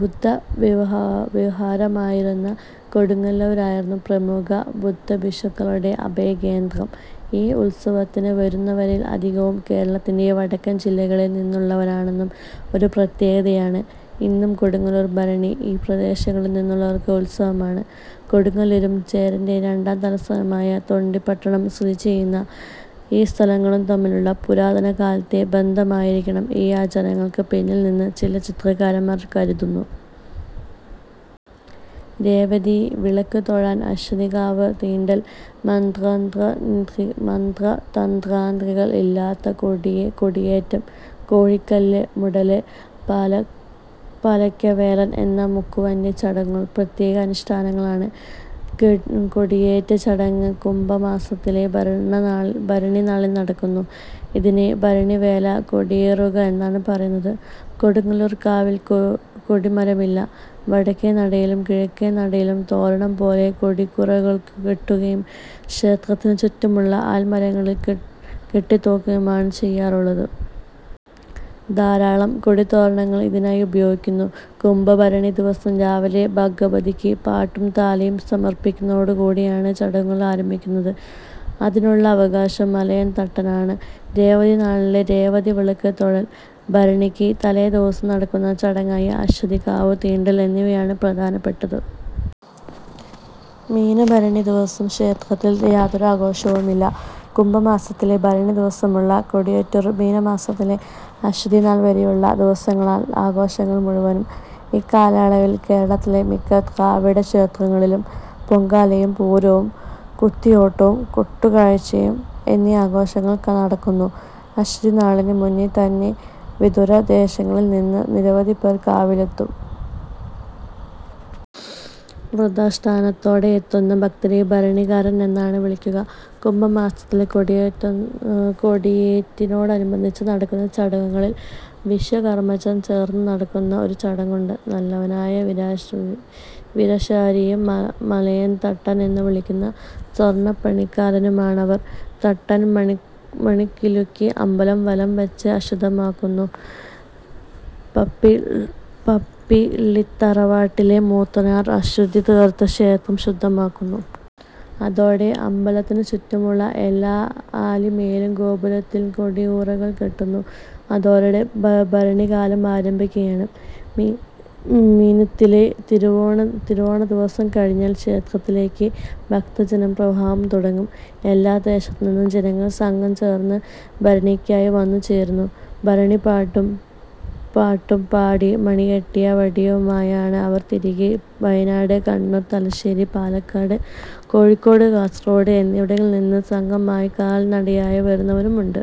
ബുദ്ധവിഹാരമായിരുന്ന കൊടുങ്ങല്ലൂരായിരുന്നു പ്രമുഖ ബുദ്ധഭിക്ഷുക്കളുടെ അഭയകേന്ദ്രവും. ഈ ഉത്സവത്തിനു വരുന്നവരിൽ അധികവും കേരളത്തിന്റെ വടക്കൻ ജില്ലകളിൽ നിന്നുള്ളവരാണെന്നത് ഒരു പ്രത്യേകതയാണ്. ഇന്നും കൊടുങ്ങല്ലൂർ ഭരണി ഈ പ്രദേശങ്ങളിൽ നിന്നുള്ളവർക്ക് ഉത്സവമാണ്. കൊടുങ്ങല്ലൂരും ചേരന്റെ രണ്ടാം തലസ്ഥാനമായ തൊണ്ടി പട്ടണം സ്ഥിതി ചെയ്യുന്ന ഈ സ്ഥലങ്ങളും തമ്മിലുള്ള പുരാതന കാലത്തെ ബന്ധമായിരിക്കണം ഈ ആചാരങ്ങൾക്ക് പിന്നിൽ എന്ന് ചില ചരിത്രകാരന്മാർ കരുതുന്നു. രേവതി വിളക്ക് തൊഴൽ, അശ്വതി കാവ് തീണ്ടൽ, മന്ത്രതന്ത്രാദികൾ ഇല്ലാത്ത കൊടിയേറ്റം, കോഴികല്ല് മൂടല്, പാലക്കവേലൻ എന്ന മുക്കുവന്റെ ചടങ്ങുകൾ പ്രത്യേക അനുഷ്ഠാനങ്ങളാണ്. കൊടിയേറ്റ് ചടങ്ങ് കുംഭമാസത്തിലെ ഭരണിനാളിൽ നടക്കുന്നു. ഇതിനെ ഭരണിവേല കൊടിയേറുക എന്നാണ് പറയുന്നത്. കൊടുങ്ങല്ലൂർ കാവിൽ കൊടിമരമില്ല. വടക്കേനടയിലും കിഴക്കേനടയിലും തോരണം പോലെ കൊടിക്കൂറകൾ കെട്ടുകയും ക്ഷേത്രത്തിനു ചുറ്റുമുള്ള ആൽമരങ്ങളിൽ കെട്ടിത്തൂക്കുകയുമാണ് ചെയ്യാറുള്ളത്. ധാരാളം കൊടിതോരണങ്ങൾ ഇതിനായി ഉപയോഗിക്കുന്നു. കുംഭ ഭരണി ദിവസം രാവിലെ ഭഗവതിക്ക് പാട്ടും താലിയും സമർപ്പിക്കുന്നതോടുകൂടിയാണ് ചടങ്ങുകൾ ആരംഭിക്കുന്നത്. അതിനുള്ള അവകാശം മലയൻ തട്ടാനാണ്. രേവതി നാളിലെ "രേവതി വിളക്ക് തൊഴൽ", ഭരണിക്ക് തലേ ദിവസം നടക്കുന്ന ചടങ്ങായ അശ്വതീ കാവു തീണ്ടൽ എന്നിവയാണ് പ്രധാനപ്പെട്ടത്. മീനഭരണി ദിവസം ക്ഷേത്രത്തിൽ യാതൊരാഘോഷവുമില്ല. കുംഭമാസത്തിലെ ഭരണിദിവസമുള്ള കൊടിയേറ്റുമുതൽ മീനമാസത്തിലെ അശ്വതിനാൾ വരെയുള്ള ദിവസങ്ങളാൺ ആഘോഷങ്ങൾ മുഴുവനും. ഇക്കാലയളവിൽ കേരളത്തിലെ മിക്ക ദ്രാവിഡ ക്ഷേത്രങ്ങളിലും പൊങ്കാലയും, പൂരവും, കുത്തിയോട്ടം, കൊട്ടുകാഴ്ച എന്നീ ആഘോഷങ്ങൾ നടക്കുന്നു. അശ്വതിനാളിനു മുന്നേ തന്നെ വിദൂരദേശങ്ങളിൽ നിന്നും നിരവധി പേർ കാവിലെത്തും. വ്രതാനുഷ്ടാനത്തോടെ എത്തുന്ന ഭക്തരെ ഭരണിക്കാർ എന്നാണ് വിളിക്കുക. കുംഭമാസത്തിലെ കൊടിയേറ്റിനോടനുബന്ധിച്ച് നടക്കുന്ന ചടങ്ങുകളിൽ വിശ്വകർമ്മജർ ചേർന്ന് നടത്തുന്ന ഒരു ചടങ്ങുണ്ട്. നല്ലവനായ വീരാശാരിയും മലയൻ തട്ടാൻ എന്നു വിളിക്കുന്ന സ്വര്ണപ്പണിക്കാരനുമാണവർ. തട്ടാൻ മണികിലുക്കി അമ്പലം വലം വെച്ച് അശുദ്ധമാക്കുന്നു. പപ്ലീ ത്തറവാട്ടിലെ മൂത്തന്മാർ അശുദ്ധിതീർത്ത് ക്ഷേത്രം ശുദ്ധമാക്കുന്നു. അതോടെ അമ്പലത്തിനു ചുറ്റുമുള്ള എല്ലാ ആലിന്മേലും ഗോപുരത്തിലും കൊടിക്കൂറകൾ കെട്ടുന്നു. അതോടെ ഭരണിക്കാലം ആരംഭിക്കുകയായി. മീനത്തിലെ തിരുവോണദിവസം കഴിഞ്ഞാൽ ക്ഷേത്രത്തിലേക്ക് ഭക്തജനപ്രവാഹം തുടങ്ങും. എല്ലാദേശത്തു നിന്നും ജനങ്ങൾ സംഘം ചേർന്ന് ഭരണിക്കാരായി വന്നു ചേരുന്നു. ഭരണിപ്പാട്ടും പാടി മണികെട്ടിയ വടിയുമായാണ് അവർ തിരികെ. വയനാട്, കണ്ണൂർ, തലശ്ശേരി, പാലക്കാട്, കോഴിക്കോട്, കാസർകോട് എന്നിവടങ്ങളിൽ നിന്ന് സംഘമായി കാൽനടയായി വരുന്നവരും ഉണ്ട്.